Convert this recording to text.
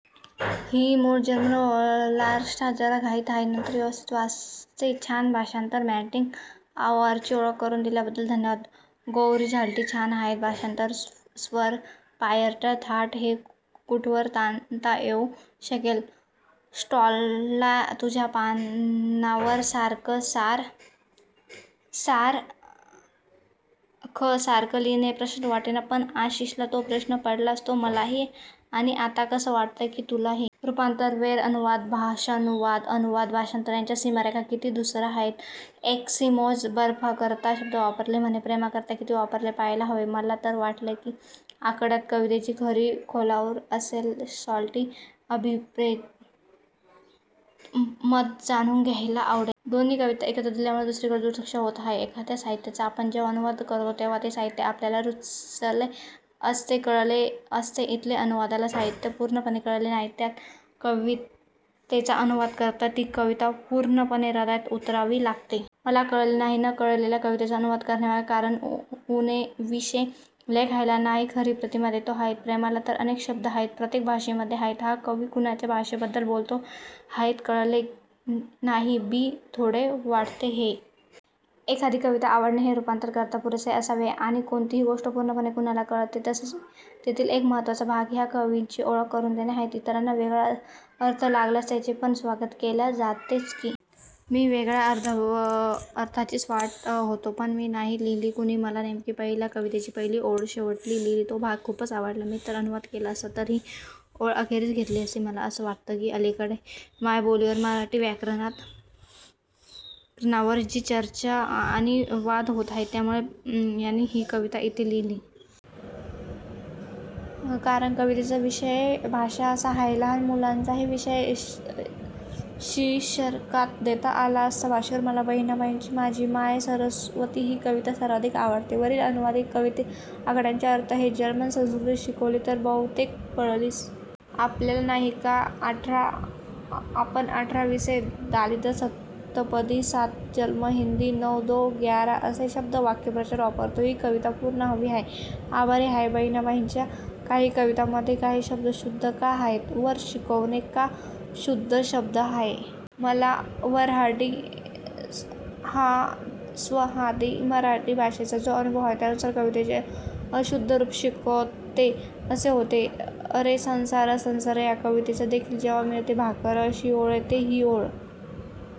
ही मूळ जर्मन. स्लार्ट्या- जरा घाईत आहे. नंतर व्यवस्थित वाचते. छान भाषांतर. मार्टिन आउअरची ओळख करून दिल्याबद्दल धन्यवाद! गौरीस्लार्टि, छान आहेत भाषांतरं. स्वर, पायर्या, थाट हे कुठवर ताणता येऊ शकेल? स्लार्ट्या- तुझ्या पानावर सारखं सारखं लिहीणे प्रशस्त वाटेना- पण आशिषला जो प्रश्न पडलाय तोच मलाही, आणि आता असं वाटतय की तुलाही. रुपांतर, स्वैर अनुवाद, भावानुवाद, अनुवाद, भाषांतर यांच्या सीमारेषा किती धुसर आहेत? एस्कीमोज बर्फाकरता शब्द वापरतात म्हणे. प्रेमाकरता किती वापरतात पहायला हवे. मला तर वाटले कि त्या आकड्यांतच कवितेची खरी खोलाइ असेलस्लार्टी, कविचे अभिप्रेत मत जाणुन घ्यायला आवडेल. दोन्ही कविता एकत्र दिल्यामुळे दुसरीकडे दुर्लक्ष होत आहे. एखाद्या साहित्याचा आपण जेंव्हा अनुवाद करतो तेंव्हा ते साहित्य आपल्याला रुचले असते कळलेले असते. इथे अनुवादकाला साहित्य पुर्णपणे कळले नाही. त्यात कवितेचा अनुवाद करताना ती कविता पुर्णपणे हृदयात उतरावी लागते. मला कळले नाही न कळलेल्या कवितेचा अनुवाद करण्यामागचे कारण. उणेबिणे लेखायचे नाही.. खरी प्रतिक्रिया देतो आहे. प्रेमाला तर अनेक शब्द आहेत, प्रत्येक भाषेमधे आहेत. हा कवी कुणाच्या भाषेबद्दल बोलतो आहे कळले नाही. बी, थोडे वाटते हे. एखादी कविता आवडणे हे रुपांतरा करता पुरेसे असावे. आणि कोणती गोष्ट पुर्णपणे कुणाला कळते? तसेच येथील एक महत्वाचा भाग हा त्या कवीची ओळख करुन देणे आहे. ईतरांना वेगळा अर्थ लागल्यास त्याचे पण स्वागत केल्या जातेच की! मी वेगळ्या अर्थाचीच वाट होतो पण नाही लिहिला कुणी. मला नेमकी पहिल्या कवितेची पहिली ओळ शेवटी लिहिली तो भाग खूपच आवडला. मी जर अनुवाद केला असता तर ही ओळ अखेरीस घेतली असती. मला असं वाटतं की अलिकडे मायबोलिवर मराठी व्याकरणावर जी चर्चा आणि वाद होत आहेत त्यामुळे यानी ही कविता इथे लिहिली. कारण कवितेचा विषय भाषा असा आहे. लहान मुलांचाही विषय शीर्षकात देता आला असता. भाषेवर मला बहिणाबाईंची 'माझी माय सरोस्वती' ही कविता सर्वाधिक आवडते. वरील अनुवादीत कवितेत आकड्यांचे अर्थ हे जर्मन संस्कृती शिकली तरच बहुतेक कळलीत. आपल्यात नाही का आपण अठरा-वीसे दारिद्र्य, सप्तपदी, सात जन्म, हिन्दी नौ दो ग्यारा असे शब्द/वाक्प्रचार वापरतो. ही कविता पुर्ण हवी आहे. आभारी आहे.. बहिनाबाईंच्या काही कवितांमधे काही शब्द शुद्ध का आहेत? वर 'शिकविते 'हा शुद्ध शब्द आहे. मला वर्हाडी ांदेशी मराठी भाषेचा जो अनुभव आहे त्यानुसार शिकवितेचे अशुद्ध रुप शिकोते असे होते. अरे संसार संसार या कवितेत देखील 'तेंव्हा मिळते भाकर' अशी ओळ येते. ही ओळ